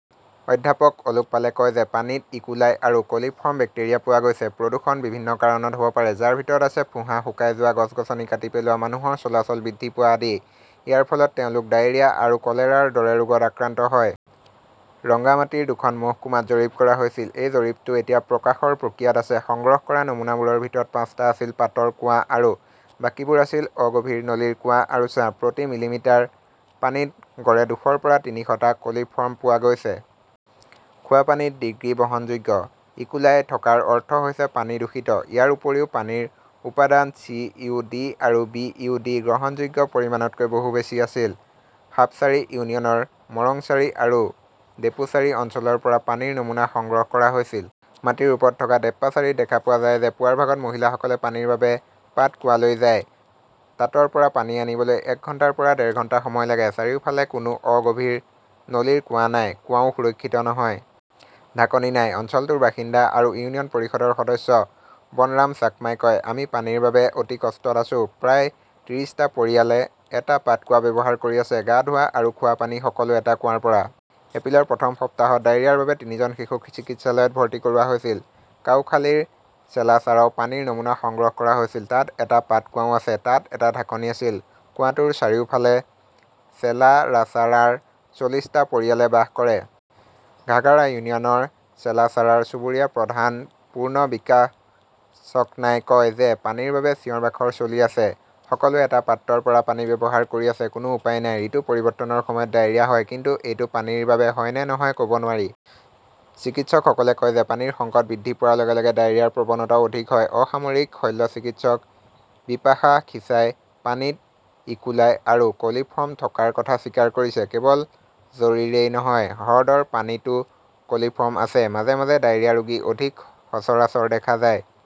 অধ্যাপক অলোক পালে কয় যে, পানীত ইকোলাই আৰু কলিফৰ্ম বেক্টেৰিয়া পোৱা গৈছে। প্ৰদূষণ বিভিন্ন কাৰণত হ'ব পাৰে, যাৰ ভিতৰত আছে ফোঁহা শুকাই যোৱা, গছ-গছনি কাটি পেলোৱা, মানুহৰ চলাচল বৃদ্ধি পোৱা আদি। ইয়াৰ ফলত তেওঁলোক ডায়েৰিয়া আৰু কলেৰাৰ দৰে ৰোগত আক্ৰান্ত হয়। ৰংগামাটীৰ দুখন মহকুমাত জৰীপ কৰা হৈছিল। এই জৰীপটো এতিয়া প্ৰকাশৰ প্ৰক্ৰিয়াত আছে। সংগ্ৰহ কৰা নমুনাবোৰৰ ভিতৰত পাঁচটা আছিল পাতৰ কুঁৱা আৰু বাকীবোৰ আছিল অগভীৰ নলীৰ কুঁৱা আৰু ছাঁ। প্ৰতি মিলিলিটাৰ পানীত গড়ে দুশৰ পৰা তিনিশটা কলিফৰ্ম পোৱা গৈছে। খোৱা পানীত ডিগ্ৰী বহনযোগ্য। ইকোলাই থকাৰ অৰ্থ হৈছে, পানী দূষিত। ইয়াৰ উপৰিও পানীৰ উপাদান চি. ও. ডি. আৰু বি. ও. ডি. গ্ৰহণযোগ্য পৰিমাণতকৈ বহু বেছি আছিল। সাপচাৰী ইউনিয়নৰ মৰংচাৰী আৰু ডেপোচাৰী অঞ্চলৰ পৰা পানীৰ নমুনা সংগ্ৰহ কৰা হৈছিল। মাটিৰ ওপৰত থকা দেপ্পাচাৰীত দেখা পোৱা যায় যে পুৱাৰ ভাগত মহিলাসকলে পানীৰ বাবে পাতকোৱালৈ যায়। তাতৰ পৰা পানী আনিবলৈ এক ঘণ্টাৰ পৰা ডেৰ ঘণ্টা সময় লাগে। চাৰিওফালে কোনো অগভীৰ নলীৰ কুঁৱা নাই। কুঁৱাও সুৰক্ষিত নহয়। ঢাকনি নাই। অঞ্চলটোৰ বাসিন্দা আৰু ইউনিয়ন পৰিষদৰ সদস্য বনৰাম চাকমাই কয়, আমি পানীৰ বাবে অতি কষ্টত আছো। প্ৰায় ত্ৰিছটা পৰিয়ালে এটা পাতকুৱা ব্যৱহাৰ কৰি আছে। গা ধোৱা আৰু খোৱা পানী সকলো এটা কুঁৱাৰ পৰা। এপ্ৰিলৰ প্ৰথম সপ্তাহত ডায়েৰিয়াৰ বাবে তিনিজন শিশুক চিকিৎসালয়ত ভৰ্তি কৰোৱা হৈছিল। কাউখালীৰ ছেলাছাৰাও পানীৰ নমুনা সংগ্ৰহ কৰা হৈছিল। তাত এটা পাতকোৱাও আছে। তাত এটা ঢাকনি আছিল। কুঁৱাটোৰ চাৰিওফালে চেলালাছাৰাৰ চল্লিছটা পৰিয়ালে বাস কৰে। ঘাগাৰা ইউনিয়নৰ ছেলাছাৰাৰ চুবুৰীয়া প্ৰধান পূৰ্ণ বিকাশ চক্মাই কয় যে, পানীৰ বাবে চিঞৰ-বাখৰ চলি আছে। সকলোৱে এটা পাত্ৰৰ পৰা পানী ব্যৱহাৰ কৰি আছে। কোনো উপায় নাই। ঋতু পৰিৱৰ্তনৰ সময়ত ডায়েৰিয়া হয়। কিন্তু এইটো পানীৰ বাবে হয় নে নহয় ক'ব নোৱাৰি। চিকিৎসকসকলে কয় যে, পানীৰ সংকট বৃদ্ধি পোৱাৰ লগে লগে ডায়েৰিয়াৰ প্ৰৱণতাও অধিক হয়। অসামৰিক শল্যচিকিৎসক বিপাশা খিছাই পানীত ইকোলাই আৰু কলিফৰ্ম থকাৰ কথা স্বীকাৰ কৰিছে, কেৱল ঝৰিৰেই নহয়, হ্ৰদৰ পানীতও কলিফৰ্ম আছে। মাজে মাজে ডায়েৰিয়া ৰোগী অধিক সচৰাচৰ দেখা যায়।